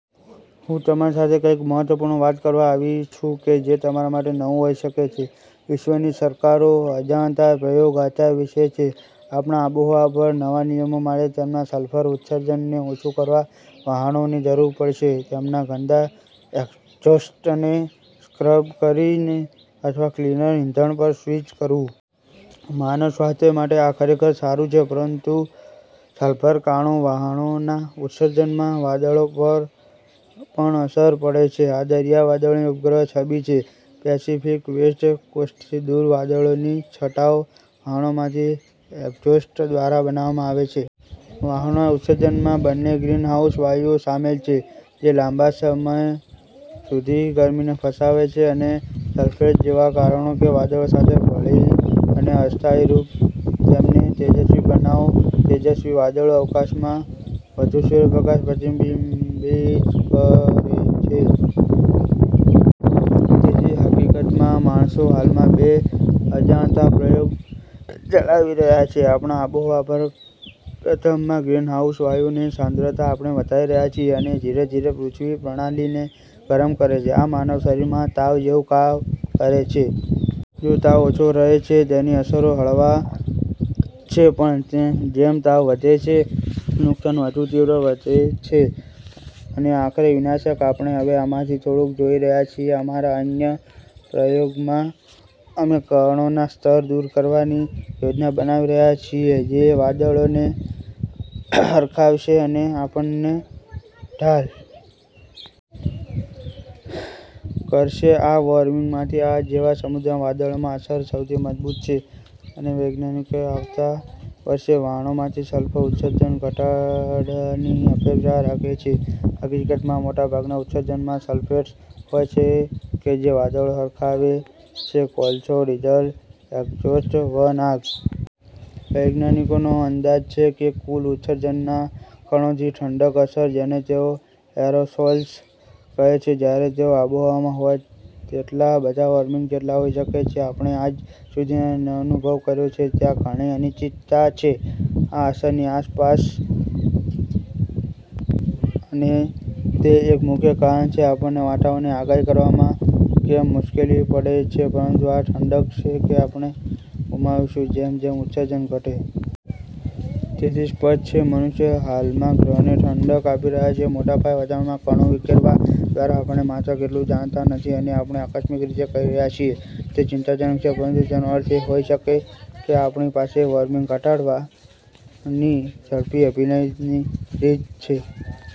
હું તમારી સાથે કંઈક મહત્વપૂર્ણ વાત કરવા આવી છું કે જે તમારા માટે નવું હોઈ શકે છે. વિશ્વની સરકારો અજાણતાં પ્રયોગ આચાર વિશે છે આપણા આબોહવા પર. નવા નિયમો માટે તેમના સલ્ફર ઉત્સર્જનને ઓછું કરવા વહાણોની જરૂર પડશે તેમના ગંદા એક્ઝોસ્ટને સ્ક્રબ કરીને અથવા ક્લિનર ઇંધણ પર સ્વિચ કરવું. માનવ સ્વાસ્થ્ય માટે આ ખરેખર સારું છે પરંતુ સલ્ફર કણો વહાણોના ઉત્સર્જનમાં વાદળો પર પણ અસર પડે છે. આ દરિયા વાદળોની ઉપગ્રહ છબી છે. પેસિફિક વેસ્ટ કોસ્ટથી દૂર. વાદળોની છટાઓ વહાણોમાંથી એક્ઝોસ્ટ દ્વારા બનાવવામાં આવે છે. વહાણોના ઉત્સર્જનમાં બંને ગ્રીનહાઉસ વાયુઓ શામેલ છે જે લાંબા સમય સુધી ગરમીને ફસાવે છે અને સલ્ફેટ જેવા કારણો કે વાદળો સાથે ભળી અને અસ્થાયી રૂપે તેમને તેજસ્વી બનાવો. તેજસ્વી વાદળો અવકાશમાં વધુ સૂર્યપ્રકાશ પ્રતિબિંબિત કરે છે. તેથી, હકીકતમાં, માણસો હાલમાં બે અજાણતાં પ્રયોગ ચલાવી રહ્યા છે આપણા આબોહવા પર. પ્રથમમાં, ગ્રીનહાઉસ વાયુઓની સાંદ્રતા આપણે વધારી રહ્યા છીએ અને ધીરે ધીરે પૃથ્વી પ્રણાલીને ગરમ કરે છે. આ માનવ શરીરમાં તાવ જેવું કામ કરે છે. જો તાવ ઓછો રહે છે, તેની અસરો હળવા છે. પણ જે જેમ તાવ વધે છે, નુકસાન વધુ તીવ્ર વચે છે અને આખરે વિનાશક. આપણે હવે આમાંથી થોડુંક જોઈ રહ્યા છીએ. અમારા અન્ય પ્રયોગમાં અમે કણોના સ્તર દૂર કરવાની યોજના બનાવી રહ્યા છીએ જે વાદળોને હરખાવશે અને આપણને ઢ। લ કરશે આ વોર્મિંગમાંથી. આ જેવા સમુદ્ર વાદળમાં અસર સૌથી મજબૂત છે અને વૈજ્ઞાનિકોએ આવતા વર્ષે વહાણોમાંથી સલ્ફર ઉત્સર્જન ઘટાડાની અપેક્ષા રાખે છે. હકીકતમાં, મોટાભાગના ઉત્સર્જનમાં સલ્ફેટ્સ હોય છે કે જે વાદળો હરખાવે છે. કોલસો, ડીઝલ એક્ઝોસ્ટ, વન આગ. વૈજ્ઞાનિકોનો અંદાજ છે કે કુલ ઉત્સર્જનના કણો જે ઠંડક અસર જેને તેઓ એરોસોલ્સ કહે છે. જ્યારે તેઓ આબોહવામાં હોય તેટલા બધા વોર્મિંગ જેટલા હોઈ શકે છે. આપણે આજ સુધીનો અનુભવ કર્યો છે, ત્યાં ઘણી અનિશ્ચિતતા છે. આ અસરની આસપાસ અને તે એક મુખ્ય કારણ છે. આપણને વાતાવરણની આગાહી કરવામાં કેમ મુશ્કેલી પડે છે, પરંતુ આ ઠંડક છે કે આપણે ગુમાવીશું જેમ જેમ ઉત્સર્જન ઘટે. તેથી સ્પષ્ટ છે, મનુષ્ય હાલમાં ગ્રહને ઠંડક આપી રહ્યા છે મોટા પાયે વાતાવરણમાં કણો વિખેરવા દ્વારા. આપણે માત્ર કેટલું જાણતા નથી અને આપણે આકસ્મિક રીતે કરી રહ્યા છીએ. તે ચિંતાજનક છે પરંતુ તેનો અર્થ એ હોઈ શકે કે આપણી પાસે વોર્મિંગ ઘટાડવાની ઝડપી અભિનયની રીત છે.